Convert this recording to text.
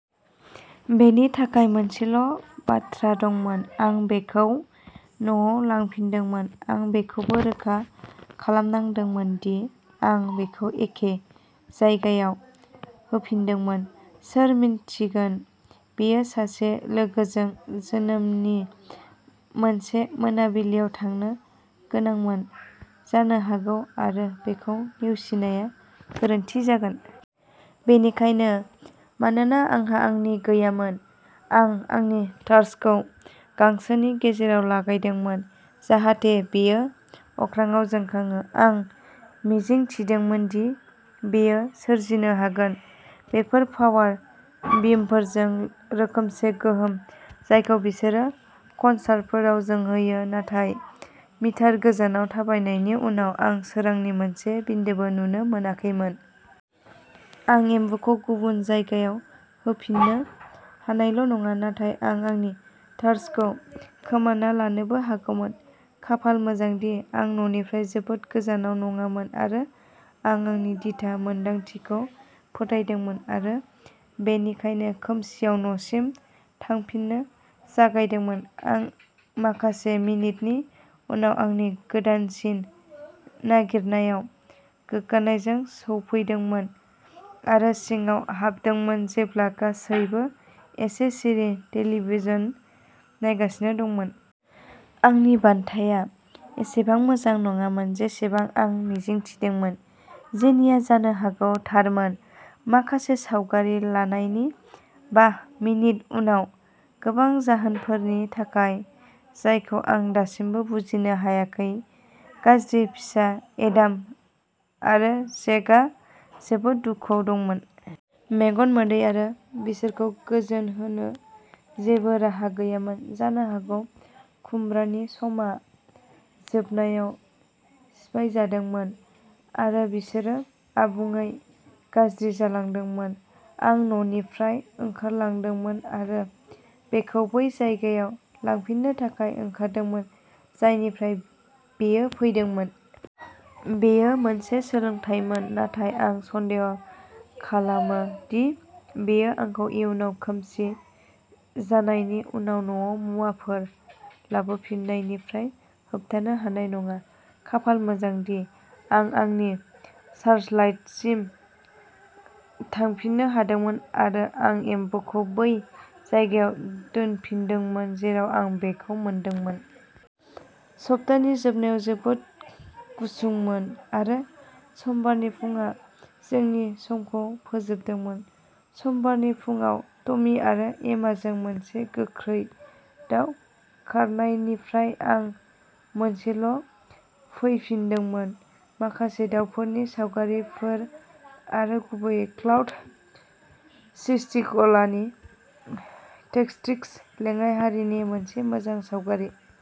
बेनि थाखाय मोनसेल'बाथ्रा दंमोन। आं बेखौ न'आव लांफिनदोंमोन। आं बेखौबो रोखा खालामनांदोंमोन दि आं बेखौ एखे जायगायाव होफिनदोंमोन। सोर मिन्थिगोन-बेयो सासे लोगोजों जोनोमनि मोनसे मोनाबिलियाव थांनो गोनांमोन जानो हागौ आरो बेखौ नेवसिनाया गोरोन्थि जागोन। बेनिखायनो, मानोना आंहा आंनि गैयामोन, आं आंनि टार्चखौ गांसोनि गेजेराव लागायदोंमोन जाहाथे बेयो अख्राङाव जोंखाङो। आं मिजिंथिदोंमोन दि बेयो सोरजिनो हागोन। बेफोर पावार बिमफोरजों रोखोमसे गोहोम, जायखौ बिसोरो कनसार्टफोराव जोंहोयो, नाथाय मिटार गोजानाव थाबायनायनि उनाव आं सोरांनि मोनसे बिन्दोबो नुनो मोनाखैमोन। आं एम्बुखौ गुबुन जायगायाव होफिन्नो हानायल'नङा, नाथाय आं आंनि टार्चखौ खोमाना लानोबो हागौमोन। खाफाल मोजांदि आं न'निफ्राय जोबोद गोजानाव नङामोन आरो आं आंनि दिथा मोनदांथिखौ फोथायदोंमोन आरो बेनिखायनो खोमसिआव न'सिम थांफिननो जागायदोंमोन। आं माखासे मिनिटनि उनाव आंनि गोदानसिन नागिरनायाव गोग्गानायजों सौफैदोंमोन आरो सिङाव हाबदोंमोन जेब्ला गासैबो एसे सिरि टेलिभिजन नायगासिनो दंमोन। आंनि बान्थाया एसेबां मोजां नङामोन जेसेबां आं मिजिंथिदोंमोन। जेनिआ जानो हागौ थारमोन। माखासे सावगारि लानायनि बा मिनिट उनाव, गोबां जाहोनफोरनि थाखाय जायखौ आं दासिमबो बुजिनो हायाखै, गाज्रि फिसा एडाम आरो जेकआ जोबोद दुखुआव दंमोन। मेगन मोदै आरो बिसोरखौ गोजोन होनो जेबो राहा गैयामोन। जानो हागौ खुमब्रानि समआ जोबनायाव सिफायजादोंमोन आरो बिसोरो आबुङै गाज्रि जालांदोंमोन। आं न'निफ्राय ओंखारलांदोंमोन आरो बेखौ बै जायगायाव लांफिननो थाखाय ओंखारदोंमोन, जायनिफ्राय बेयो फैदोंमोन। बेयो मोनसे सोलोंथायमोन, नाथाय आं सन्देह खालामो दि बेयो आंखौ इयुनाव खोमसि जानायनि उनाव न'आव मुवाफोर लाबोफिन्नायनिफ्राय होबथानो हानाय नङा। खाफाल मोजांदि आं आंनि सार्चलाइटसिम थांफिननो हादोंमोन आरो आं एम्बुखौ बै जायगायाव दोनफिनदोंमोन, जेराव आं बेखौ मोनदोंमोन। सप्तानि जोबनायाव जोबोद गुसुंमोन आरो समबारनि फुंआ जोंनि समखौ फोजोबदोंमोन। समबारनि फुंआव टमी आरो एमाजों मोनसे गोख्रै दाव खारनायनिफ्राय आं मोनसेल'फैफिन्दोंमोन, माखासे दावफोरनि सावगारिफोर आरो गुबैयै क्लाउड सिस्टिक'लानि टेक्सट्रिक्स लेङाइ हारिनि मोनसे मोजां सावगारि।